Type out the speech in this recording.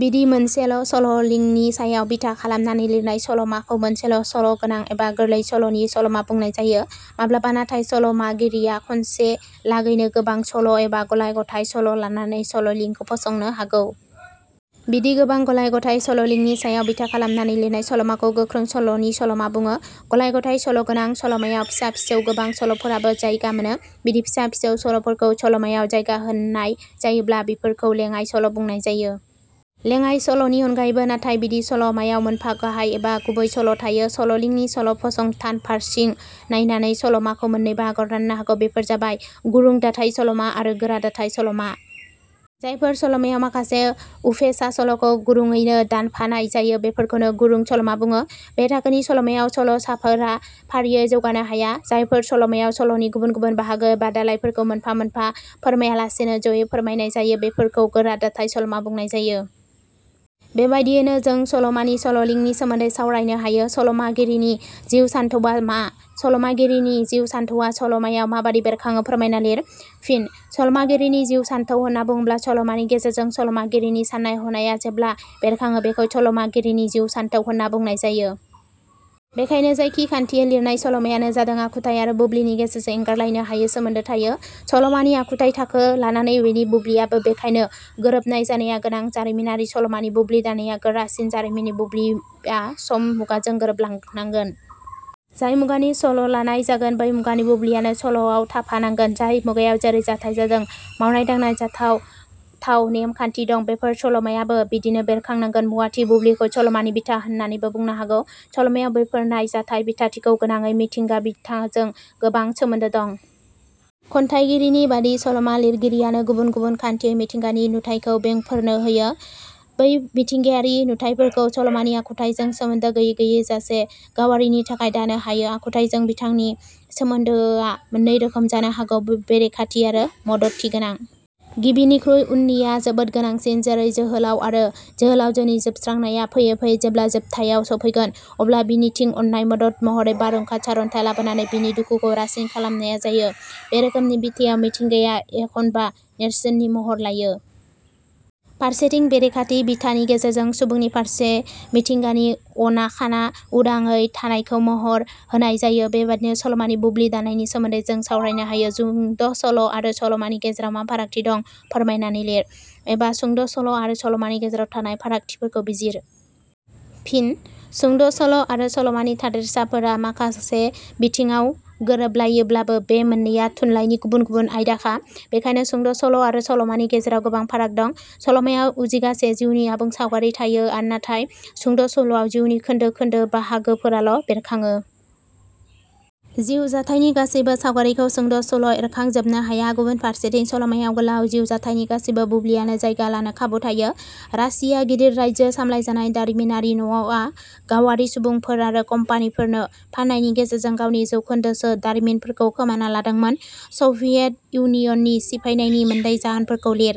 बिदि मोनसेल' सल 'लिंनि सायाव बिथा खालामनानै लिरनाय सल 'माखौ मोनसेल' सल 'गोनां एबा गोरलै सल 'नि सल'मा बुंनाय जायो। माब्लाबा नाथाय सल 'मागिरिया खनसेलागैनो गोबां सल' एबा गलाय-गथाय सल' लानानै सल 'लिंखौ फसंनो हागौ। बिदि गोबां गलाय गथाय सल 'लिंनि सायाव बिथा खालामनानै लिरनाय सल 'माखौ गोख्रों सल 'नि सल'मा बुङो। गलाय-गथाय सल'गोनां सल 'मायाव फिसा फिसौ गोबां सल'फोराबो जायगा मोनो। बिदि फिसा फिसौ सल 'फोरखौ सल 'मायाव जायगा होनाय जायोब्ला बिफोरखौ लेंङाइ सल' बुंनाय जायो। लेङाइ सल 'नि अनगायैबो नाथाय बिदि सल 'मायाव मोनफा गाहाइ एबा गुबै सल' थायो। सल 'लिंनि सल' फसंथान फारसिं नायनानै सल 'माखौ मोननै बाहागोआव राननो हागौ। बेफोर जाबाय-गुरुं दाथाइ सल'मा आरो गोरा दाथाइ सल'मा। जायफोर सल'मायाव माखासे उफेसा सल'खौ गुरुङैनो दाफानाय जायो बेफोरखौनो गुरुं सल'मा बुङो। बे थाखोनि सल'मायाव सल 'साफोरा फारियै जौगानो हाया। जायफोर सल'मायाव सल'नि गुबुन गुबुन बाहागो एबा दालाइफोरखौ मोनफा मोनफा फोरमायालासेनो ज'यै फोरमायनाय जायो बेफोरखौ गोरा दाथाइ सल'मा बुंनाय जायो। बेबादियैनो जों सल 'मानि सल 'लिंनि सोमोन्दै सावरायनो हायो। सल मागिरिनि जिउ सान्थौवा मा? सल 'मागिरिनि जिउ सानथौवा सल 'मायाव माबादि बेरखाङो फोरमायना लिर। फिन: सल'मागिरिनि जिउ सानथौ होनना बुङोब्ला सल'मानि गेजेरजों सल 'मागिरिनि साननाय हनाया जेबला बेरखाङो बेखौनो सल 'मागिरिनि जिउ सानथौ होनना बुंनाय जायो। बेखायनो जायखि खान्थियै लिरनाय सल'मायानो जादों आखुथाइ आरो बुब्लिनि गेजेरा एंगारलायनो हायै सोमोन्दो थायो। सलमानि आखुथाइ थाखो लानानै बेनि बुब्लियाबो बेखायनो गोरोबनाय जानाया गोनां। जारिमिनारि सल'मानि बुब्लि दानाया गोरासिन। जारिमिननि बुब्लिया सम-मुगाजों गोरोबनांगोन। जाय मुगानि सल' लानाय, जागोन बै मुगानि बुब्लियाबो सल'आव थाफानांगोन। जाय मुगायाव जेरै जाथाइ जादों, मावनाय-दांनाय, जाथाव-थाव नेम-खान्थि दं, बेफोर सल 'मायावबो बिदिनो बेरखांनांगोन। मुवाथि बुब्लिखौ सलमानि बिथा होननानैबो बुंनो हागौ। सल 'मायाव बेंफोरनाय जाथाय-बिथाजों गोनाङै मिथिंगा बिथाजों गोबां सोमोन्दो दं। खन्थाइगिरिनि बादि सल'मा लिरगिरियानो गुबुन गुबुन खान्थियै मिथिंगानि नुथायखौ बेंफोरनो हायो। बै मिथिंगानि नुथायफोरखौ सल'मानि आखुथाइजों सोमोन्दो गैयै जासे सावगारिनि थाखाय दानो हायो। आखुथाइजों बिथानि सोमोन्दोआ मोननै रोखोम जानो हागौ- बेरेखाथि आरो मददथि गोनां। गिबिनिख्रुइ उननिया जोबोर गोनांसिन। जेरै जोहोलाव आरो जोहोलावजोनि जोबस्रांनाया फैयै फैयै जेब्ला जोबथायाव सफैगोन, अब्ला बिनिथिं अननाय मदद महरै बारहुंखा सारन्थाइ लाबोनानै बिनि दुखुखौ रासिन खालामनाय जायो। बे रोखोमनि बिथायाव मिथिंगाया एखम्बा नेरसोन नि महर लायो। फारसेथिं बेरेखाथि बिथानि गेजेरजों सुबुंनि फारसे मिथिंगानि अनाखाना उदाङै थानायखौ महर होनाय जायो। बेबादिनो सलमानि बुब्लि दानायनि सोमोन्दै जों सावरायनो हायो। सुंद' सल' आरो सलमानि गेजेराव मा फारागथि दं फोरमायना लिर। "एबा" सुंद' सल' आरो सलमानि गेजेराव थानाय फारागथिफोरखौ बिजिर। फिन: सुंद' सल' आरो सलमानि थादेरसाफोरा माखासे बिथिडाव गोरोबलायोब्लाबो बे मोननैया थुनलाइनि गुबुन गुबुन आयदाखा। बेखायनो सुंद' सल' आरो सल 'मानि गेजेराव गोबां फाराग दं। सल 'मायाव उजिगासे जिउनि आबुं सावगारि थायो नाथाय सुंद' सल'आव जिउनि खोन्दो खोन्दो बाहागोफोराल' बेरखाङो। जिउ जाथाइनि गासैबो सावगारिखौ सुंद' सल'आव एरखांजोबनो हाया। गुबुन फारसेथिं सल 'मायाव गोलाव जिउ जाथाइनि गासैबो बुब्लियानो जायगा लानो खाबु थायो। रासिया गिदिर रायजो सामलायजानाय दारिमिनारि न'आ गावारि सुबुंफोर आरो कम्पानिफोरनो फाननायनि गेजेरजों गावनि जौखोन्दोसो दारिमिनफोरखौ खोमाना लादोंमोन। सभियेट इउनियननि सिफायनायनि मोननै जाहोनफोरखौ लिर?